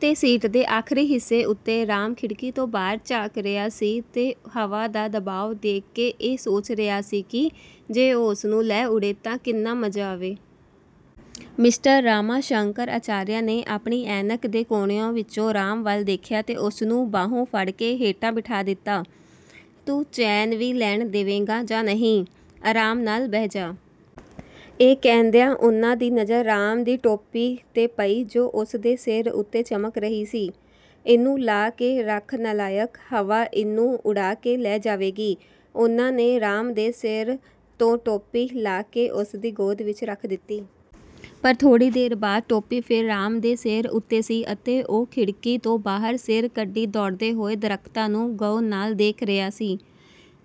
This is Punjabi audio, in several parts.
ਤੇ ਸੀਟ ਦੇ ਆਖਰੀ ਹਿੱਸੇ ਉਤੇ ਰਾਮ ਖਿੜਕੀ ਤੋਂ ਬਾਹਰ ਝਾਕ ਰਿਹਾ ਸੀ ਤੇ ਹਵਾ ਦਾ ਦਬਾਅ ਦੇਖ ਕੇ ਇਹ ਸੋਚ ਰਿਹਾ ਸੀ ਕਿ ਜੇ ਉਹ ਉਸ ਨੂੰ ਲੈ ਉਡੇ ਤਾਂ ਕਿੰਨਾ ਮਜ਼ਾ ਆਵੇ। ਮਿਸਟਰ ਰਾਮਾ ਸ਼ੰਕਰ ਅਚਾਰੀਆ ਨੇ ਆਪਣੀ ਐਨਕ ਦੇ ਕੋਣਿਆਂ ਵਿਚੀਂ ਰਾਮ ਵੱਲ ਦੇਖਿਆ ਤੇ ਉਸ ਨੂੰ ਬਾਹੋਂ ਫੜ ਕੇ ਹੇਠਾਂ ਬਿਠਾ ਦਿੱਤਾ। "ਤੂੰ ਚੈਨ ਵੀ ਲੈਣ ਦੇਵੇਂਗਾ ਜਾਂ ਨਹੀਂ, ਆਰਾਮ ਨਾਲ ਬਹਿ ਜਾ। " ਇਹ ਕਹਿੰਦਿਆਂ ਉਨ੍ਹਾਂ ਦੀ ਨਜ਼ਰ ਰਾਮ ਦੀ ਟੋਪੀ 'ਤੇ ਪਈ ਜੋ ਉਸ ਦੇ ਸਿਰ ਉਤੇ ਚਮਕ ਰਹੀ ਸੀ, "ਇਹਨੂੰ ਲਾਹ ਕੇ ਰੱਖ ਨਾਲਾਇਕ, ਹਵਾ ਇਹਨੂੰ ਉਡਾ ਕੇ ਲੈ ਜਾਵੇਗੀ। " ਉਨ੍ਹਾਂ ਨੇ ਰਾਮ ਦੇ ਸਿਰ ਤੋਂ ਟੋਪੀ ਲਾਹ ਕੇ ਉਸ ਦੀ ਗੋਦ ਵਿਚ ਰੱਖ ਦਿੱਤੀ। ਪਰ ਥੋੜ੍ਹੀ ਦੇਰ ਬਾਅਦ ਟੋਪੀ ਫੇਰ ਰਾਮ ਦੇ ਸਿਰ ਉਤੇ ਸੀ ਅਤੇ ਉਹ ਖਿੜਕੀ ਤੋਂ ਬਾਹਰ ਸਿਰ ਕੱਢੀ ਦੌੜਦੇ ਹੋਏ ਦਰਖਤਾਂ ਨੂੰ ਗਹੁ ਨਾਲ ਦੇਖ ਰਿਹਾ ਸੀ।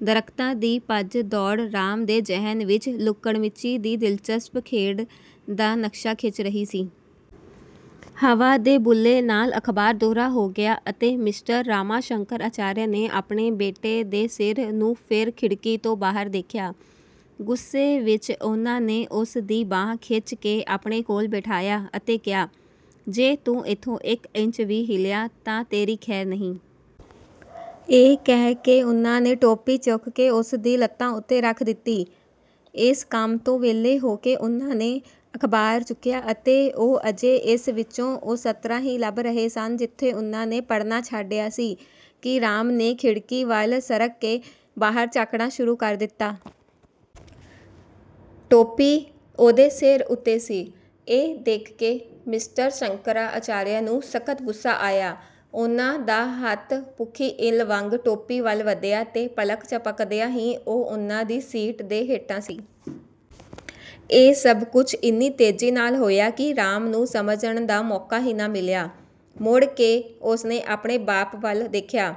ਦਰਖਤਾਂ ਦੀ ਭੱਜ ਦੌੜ ਰਾਮ ਦੇ ਜ਼ਿਹਨ ਵਿਚ ਲੁਕਣਮੀਚੀ ਦੀ ਦਿਲਚਸਪ ਖੇਡ ਦਾ ਨਕਸ਼ਾ ਖਿੱਚ ਰਹੀ ਸੀ। ਹਵਾ ਦੇ ਬੁੱਲੇ ਨਾਲ ਅਖਬਾਰ ਦੂਹਰਾ ਹੋ ਗਿਆ ਅਤੇ ਮਿਸਟਰ ਰਾਮਾ ਸ਼ੰਕਰ ਅਚਾਰੀਆ ਨੇ ਆਪਣੇ ਬੇਟੇ ਦੇ ਸਿਰ ਨੂੰ ਫੇਰ ਖਿੜਕੀ ਤੋਂ ਬਾਹਰ ਦੇਖਿਆ। ਗ਼ੁੱਸੇ ਵਿਚ ਉਨ੍ਹਾਂ ਨੇ ਉਸ ਦੀ ਬਾਂਹ ਖਿੱਚ ਕੇ ਆਪਣੇ ਕੋਲ ਬਿਠਾਇਆ ਅਤੇ ਕਿਹਾ, "ਜੇ ਤੂੰ ਇਥੋਂ ਇਕ ਇੰਚ ਵੀ ਹਿੱਲਿਆ ਤਾਂ ਤੇਰੀ ਖੈਰ ਨਹੀਂ। " ਇਹ ਕਹਿ ਕੇ ਉਨ੍ਹਾਂ ਨੇ ਟੋਪੀ ਚੁੱਕ ਕੇ ਉਸ ਦੀਆਂ ਲੱਤਾਂ ਉਤੇ ਰੱਖ ਦਿੱਤੀ। ਇਸ ਕੰਮ ਤੋਂ ਵਿਹਲੇ ਹੋ ਕੇ ਉਨ੍ਹਾਂ ਨੇ ਅਖਬਾਰ ਚੁੱਕਿਆ ਅਤੇ ਉਹ ਅਜੇ ਇਸ ਵਿਚੋਂ ਉਹ ਸਤਰਾਂ ਹੀ ਲੱਭ ਰਹੇ ਸਨ ਜਿੱਥੇਂ ਉਨ੍ਹਾਂ ਨੇ ਪੜ੍ਹਨਾ ਛੱਡਿਆ ਸੀ ਕਿ ਰਾਮ ਨੇ ਖਿੜਕੀ ਵੱਲ ਸਰਕ ਕੇ ਬਾਹਰ ਝਾਕਣਾ ਸ਼ੁਰੂ ਕਰ ਦਿੱਤਾ। ਟੋਪੀ ਉਹਦੇ ਸਿਰ ਉਤੇ ਸੀ। ਇਹ ਦੇਖ ਕੇ ਮਿਸਟਰ ਸ਼ੰਕਰ ਅਚਾਰੀਆ ਨੂੰ ਸਖਤ ਗ਼ੁੱਸਾ ਆਇਆ। ਉਨ੍ਹਾਂ ਦਾ ਹੱਥ ਭੁੱਖੀ ਇੱਲ੍ਹ ਵਾਂਗੂੰ ਟੋਪੀ ਵੱਲ ਵਧਿਆ ਤੇ ਪਲਕ ਝਪਕਦਿਆਂ ਹੀ ਉਹ ਉਨ੍ਹਾਂ ਦੀ ਸੀਟ ਦੇ ਹੇਠਾਂ ਸੀ। ਇਹ ਸਭ ਕੁਝ ਇੰਨੀ ਤੇਜੀ ਨਾਲ ਹੋਇਆ ਕਿ ਰਾਮ ਨੂੰ ਸਮਝਣ ਦਾ ਮੌਕਾ ਹੀ ਨਾ ਮਿਲਿਆ। ਮੁੜ ਕੇ ਉਸ ਨੇ ਆਪਣੇ ਬਾਪ ਵੱਲ ਦੇਖਿਆ।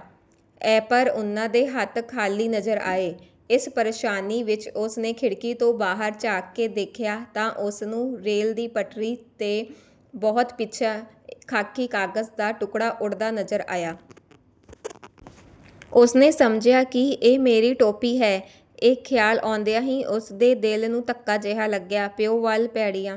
ਐਪਰ ਉਨ੍ਹਾਂ ਦੇ ਹੱਥ ਖਾਲੀ ਨਜ਼ਰ ਆਏ। ਇਸੇ ਪ੍ਰੇਸ਼ਾਨੀ ਵਿਚ ਉਸ ਨੇ ਖਿੜਕੀ ਤੋਂ ਬਾਹਰ ਝਾਕ ਕੇ ਦੇਖਿਆ ਤਾਂ ਉਸ ਨੂੰ ਰੇਲ ਦੀ ਪਟੜੀ 'ਤੇ ਬਹੁਤ ਪਿਛਾਂਹ ਖਾਕੀ ਕਾਗ਼ਜ਼ ਦਾ ਟੁਕੜਾ ਉਡਦਾ ਨਜ਼ਰ ਆਇਆ। ਉਸ ਨੇ ਸਮਝਿਆ ਕਿ ਇਹ ਮੇਰੀ ਟੋਪੀ ਹੈ। ਇਹ ਖਿਆਲ ਆਉਂਦਿਆਂ ਹੀ ਉਸ ਦੇ ਦਿਲ ਨੂੰ ਧੱਕਾ ਜਿਹਾ ਲੱਗਿਆ। ਪਿਉ ਵੱਲ ਭੈੜੀਆਂ